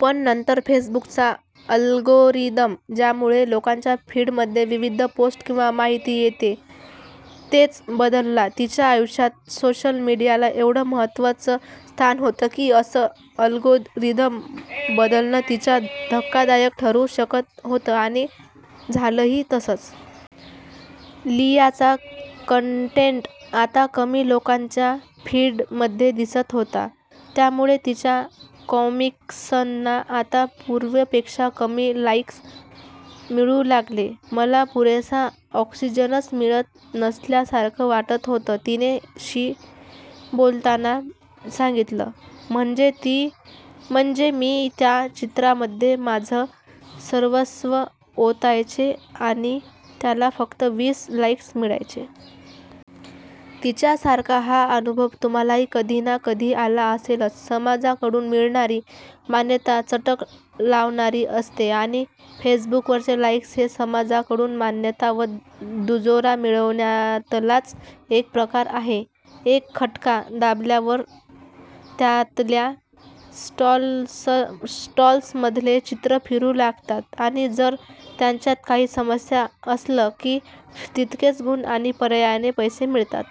पण नंतर फेसबुकचा अल्गोरिदम, ज्यामुळे लोकांच्या फीडमध्ये विविध पोस्ट किंवा माहिती येते, तोच बदलला. तिच्या आयुष्यात सोशल मीडियाला एवढं महत्त्वाचं स्थान होतं की असं अल्गोरिदम बदलणं तिच्या धक्कादायक ठरू शकत होतं. आणि झालंही तसंच. लियाचा कन्टेन्ट आता कमी लोकांच्या फीडमध्ये दिसत होता. त्यामुळे तिच्या कॉमिक्सना आता पूर्वीपेक्षा कमी 'लाईक्स' मिळू लागले. मला पुरेसा ऑक्सिजनच मिळत नसल्यासारखं वाटत होतं तिने. शी बोलताना सांगितलं. म्हणजे, मी त्या चित्रामध्ये माझं सर्वस्व ओतायचे आणि त्याला फक्त वीस लाईक्स मिळायचे. तिच्यासारखा हा अनुभव तुम्हालाही कधी ना कधी आला असेलच. समाजाकडून मिळणारी मान्यता चटक लावणारी असते. आणि फेसबुकवरचे 'लाईक्स' हे समाजाकडून मान्यता वा दुजोरा मिळण्यातलाच एक प्रकार आहे. एक खटका दाबल्यावर त्यातल्या स्लॉट्समधले चित्रं फिरू लागतात आणि जर त्यांच्यात काही साम्य असलं की तितके गुण आणि पर्यायाने पैसे मिळतात.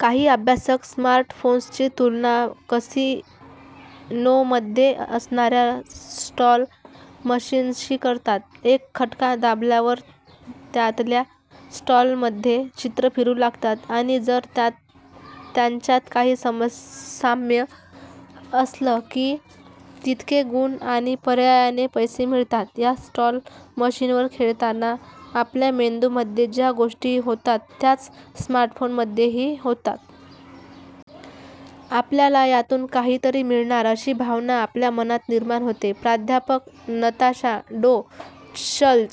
काही अभ्यासक स्मार्टफोन्सची तुलना कसीनोमध्ये असणाऱ्या स्लॉट मशीन्सशी करतात. एक खटका दाबल्यावर त्यातल्या स्लॉट्समधले चित्रं फिरू लागतात आणि जर त्यांच्यात काही साम्य असलं की तितके गुण आणि पर्यायाने पैसे मिळतात. या स्लॉट मशीनवर खेळताना आपल्या मेंदूमध्ये ज्या गोष्टी होतात त्याच स्मार्टफोनमध्येही होतात. आपल्याला यातून काहीतरी मिळणार, अशी भावना आपल्या मनात निर्माण होते. प्राध्यापक नताशा डो श्चल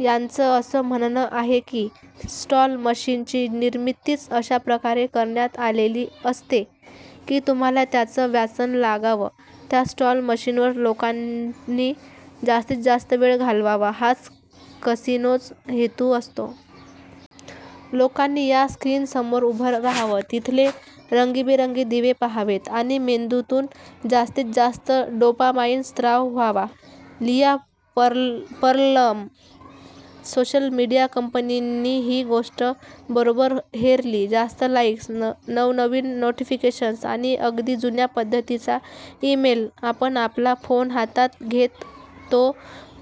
यांचं असं म्हणणं आहे की स्लॉट मशीन्सची निर्मितीच अशा प्रकारे करण्यात आलेली असते, की तुम्हाला त्याचं व्यसन लागाव. त्या स्लॉट मशीनवर लोकांनी जास्तीत जास्त वेळ घालवावा हाच कसिनोज हेतू असतो. लोकांनी या स्क्रीन्ससमोर उभं रहावं, तिथले रंगीबेरंगी दिवे पाहावेत आणि मेंदूतून जास्तीत जास्त डोपामाईन स्त्राव व्हावा. लिया पर्लमन सोशल मीडिया कंपन्यांनी ही गोष्ट बरोबर हेरली. जास्त लाईक्स, नवनवीन नोटिफिकेशन्स किंवा अगदी जुन्या पद्धतीचा ईमेल आपण आपला फोन हातात घेत तो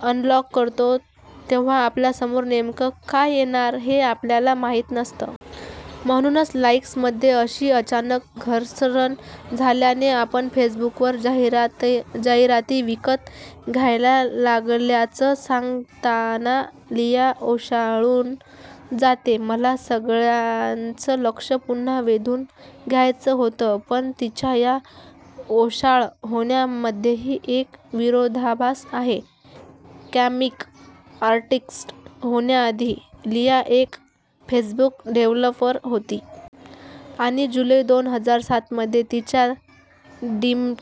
अनलॉक करतो तेव्हा आपल्यासमोर नेमकं काय येणार, हे आपल्याला माहीत नसतं. म्हणूनच लाईक्समध्ये अशी अचानक घसरण झाल्याने आपण फेसबुकवर जाहिराती विकत घ्यायला लागल्याचं सांगताना लिया ओशाळून जाते. मला सगळ्यांचं लक्ष पुन्हा वेधून घ्यायचं होतं. पण तिच्या या ओशाळं होण्यामध्येही एक विरोधाभास आहे. कॉमिक आर्टिस्ट होण्याआधी लिया एक फेसबुक डेव्हलपर होती. आणि जुलै दोन हजार सात मध्ये तिच्याच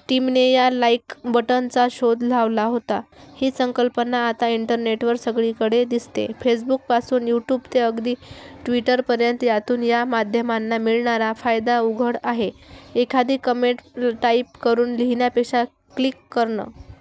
टीमने या 'लाईक बटन'चा शोध लावला होता. ही संकल्पना आता इंटरनेटवर सगळीकडे दिसते. फेसबुकपासून यूट्यूब ते अगदी ट्विटरपर्यंत. यातून या माध्यमांना मिळणारा फायदा उघड आहे. एखादी कॉमेंट टाईप करून लिहिण्यापेक्षा 'क्लिक' करणं